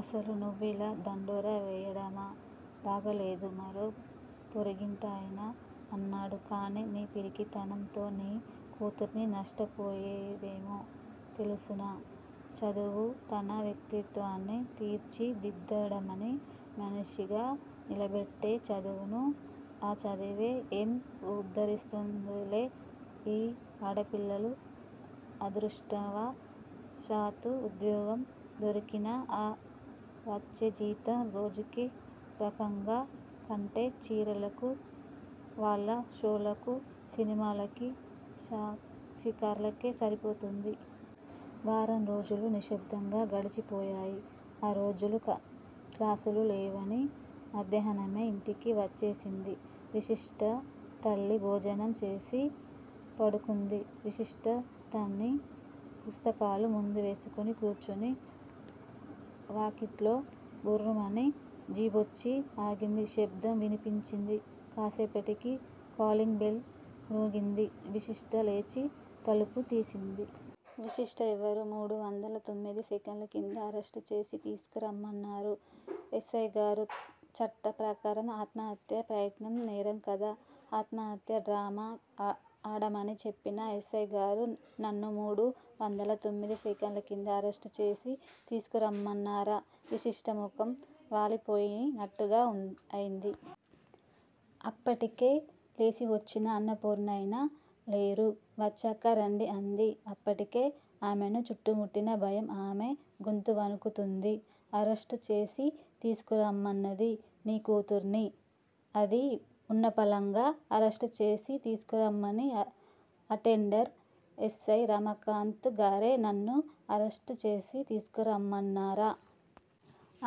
అసలు నువ్విలా దండోరా వేయడమే బాగాలేదు మరో పొరుగింటాయన అన్నాడు. కాని నీ పిరికితనంతో నీ కూతురు నష్టపోయిందేమో తెలుసునా? చదువును, తన వ్యక్తిత్వాన్ని తీర్చి దిద్దమని మనిషిగా నిలబెట్టే చదువును! ఆ చదివి ఏం ఉద్దరిస్తారులే ఈ ఆడపిల్లలు? అదృష్టవ శాత్తు ఉద్యోగం దొరికినా ఆ వచ్చే జీతం రోజుకో రకంగా కట్టే చీరలకూ, వాళ్ల షోకులకూ సినిమాలకీ, షికార్లకే సరిపోతుంది. వారం రోజులు నిశ్శబ్దంగా గడిచిపోయాయి. ఆ రోజు క్లాసులు లేవని మధ్యాహ్నమే ఇంటికి వచ్చేసింది విశిష్ట. తల్లి భోంచేసి పడుకుంది. విశిష్ట తిని పుస్తకాలు ముందేసుకు కూర్చొంది. వాకిట్లో బుర్రుమని జీపొచ్చి ఆగిన శబ్దం వినిపించింది. కాస్సేపటికి కాలింగ్ బెల్ మ్రోగింది. విశిష్ట లేచి తలుపు తీసింది. విశిష్ట ఎవరు? మూడు వందల తొమ్మిది సెక్షన్ కింద అరెస్ట్ చేసి తీసుకురమన్నారు ఎస్సైగారు! చట్ట ప్రకారం ఆత్మహత్యా ప్రయత్నం నేరంకదా? ఆత్మహత్యా డ్రామా ఆడమని చెప్పిన ఎస్సైగారే నన్ను మూడు వందల తొమ్మిది సెక్షన్ కింద అరెస్ట్ చేసి తీసుకురమ్మన్నారా? విశిష్ట ముఖం పాలిపోయి నట్లుగా అయింది. అప్పటికే లేచొచ్చిన అన్నపూర్ణ ఆయన లేరు! వచ్చాక రండి అంది. అప్పటికే ఆమెను చుట్టుముట్టిన భయం ఆమె గొంతు వణుకుతోంది. అరెస్ట్ చేసి తీసుకురమ్మన్నది నీ కూతుర్ని. అదీ వున్న పళంగా అరెస్ట్ చేసి తీసుకురమ్మని ఆర్డర్. ఎస్సై రమాకాంత్ గారే నన్ను అరెస్ట్ చేసి తీసుకురమ్మన్నారా?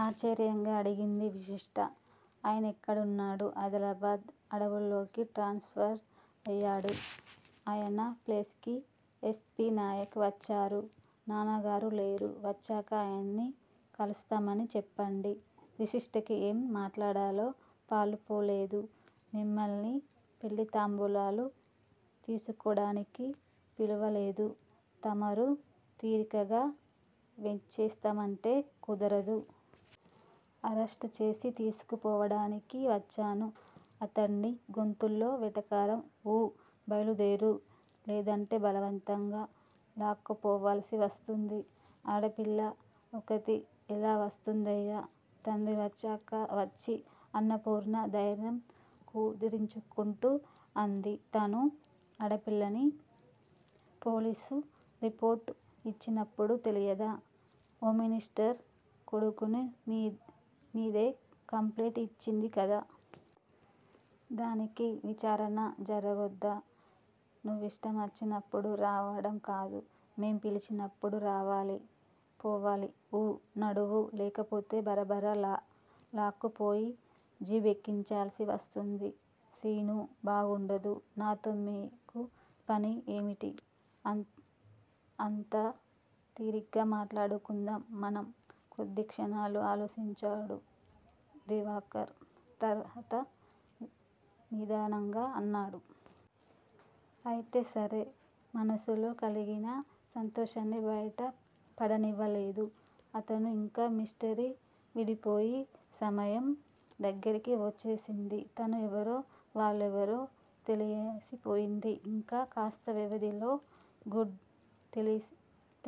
ఆశ్చర్యంగా అడిగింది విశిష్ట. ఆయనెక్కడున్నాడు? అదిలాబాద్ అడవుల్లోకి ట్రాన్స్ ఫర్ అయ్యాడు. ఆయన ప్లేస్ కి ఎస్. పి. నాయక్ వచ్చారు. నాన్నగారు లేరు! వచ్చాక ఆయన్ని కలుస్తామని చెప్పండి విశిష్టకి ఏం మాట్లాడాలో పాలుపోలేదు. మిమ్మల్ని పెళ్ళి తాంబూలాలు తీసుకోడానికి పిలువలేదు. తమరు తీరికగా వేంచేస్తామంటే కుదరదు. అరెస్ట్ చేసి తీసుకుపోవడానికి వచ్చాను. అతడి గొంతులో వెటకారం. ఊ! బయల్దేరు లేదంటే బలవంతంగా లాక్కుపోవాల్సి వస్తుంది. ఆడపిల్ల ఒక్కతీ ఎలా వస్తుందయ్యా? తండ్రి వచ్చాక వస్తుంది అన్నపూర్ణ ధైర్యం కూడదీసుకుంటూ అంది. తను ఆడపిల్లనని పోలీసు రిపోర్ట్ యిచ్చినప్పుడు తెలియదా? హోంమినిస్టరు కొడుకు మీదే కంప్లైంట్ ఇచ్చింది కదా? దానికి విచారణ జరగొద్దా? నువ్విష్టమొచ్చినప్పుడు రావడంకాదు. మేం పిలిచినప్పుడు రావాలా పోవాల. ఊ నడూ లేకపోతే బరబర లాక్కుపోయి జీపెక్కించాల్సి వస్తుంది. సీను బాగుండదు. నాతో మీకు పని ఏమిటి? అదంతా తీరిగ్గా మాట్లాడుకుందాం మనం! కొద్ది క్షణాలు ఆలోచించాడు దినకర్. తర్వాత నిదానంగా అన్నాడు. అయితే సరే! మనసులో కలిగిన సంతోషాన్ని బయట పడనివ్వలేదు అతను. ఇంక మిస్టరీ విడిపోయే సమయం దగ్గరికి వచ్చేసింది. తను ఎవరో, వీళ్ళెవరో తెలిసిపోతుంది ఇంక కాస్త వ్యవధిలో. గుడ్!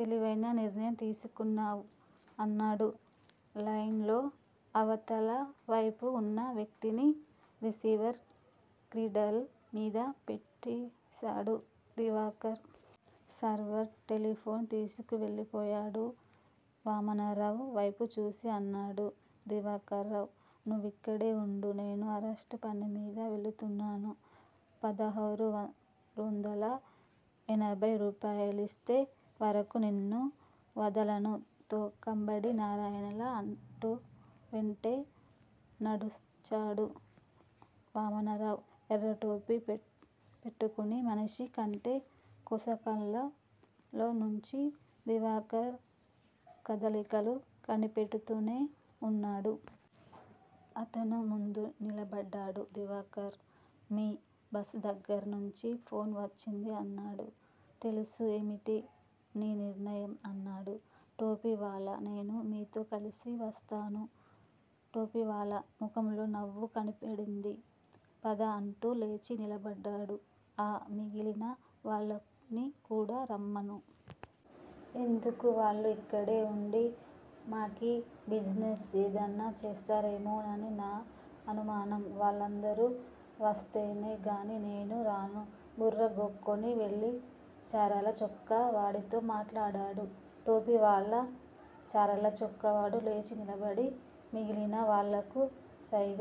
తెలివైన నిర్ణయం తీసుకున్నావ్! అన్నాడు లైన్లో అవతలవైపు ఉన్న వ్యక్తి. రిసీవర్ క్రేడిల్ మీద పెట్టేశాడు దినకర్. సర్వర్ టెలిఫోన్ తీసుకెళ్ళిపోయాడు. వామనరావు వైపు చూసి అన్నాడు దినకర్. నువ్విక్కడే వుండు! నేను అర్జెంట్ పనిమీద వెళుతున్నాను. పదహారొందల ఎనభై రూపాయలిచ్చే వరకు నిన్ను వదలను తోకంబడి నారాయణ అన్నట్లు వెంట నడిచాడు వామనరావు. ఎర్రటోపీ పెట్టుకున్న మనిషి కంటి కొసలలో నుంచి దినకర్ కదలికలు కనిపెడుతూనే వున్నాడు. అతని ముందు నిలబడ్డాడు దినకర్. మీ బాస్ దగ్గర్నుంచి ఫోన్ వచ్చింది అన్నాడు. తెలుసు ఏమిటి నీ నిర్ణయం? అన్నాడు టోపీ వాలా. నేను మీతో కలిసి వస్తాను. టోపీవాలా ముఖంలో నవ్వు కనబడింది. పద! అంటూ లేచి నిలబడ్డాడు. ఆ మిగిలిన వాళ్ళని కూడా రమ్మను. ఎందుకు? వాళ్ళు ఇక్కడే వుండి మంకీ బిజినెస్ ఏదన్నా చేస్తారేమోనని నా అనుమానం! వాళ్ళందరూ వస్తేనేగానీ నేను రాను. బుర్ర గోక్కొని వెళ్ళి చారల చొక్కా వాడితో మాట్లాడాడు టోపీ వాలా. చారల చొక్కావాడు లేచి నిలబడి మిగిలిన వాళ్ళకు సైగ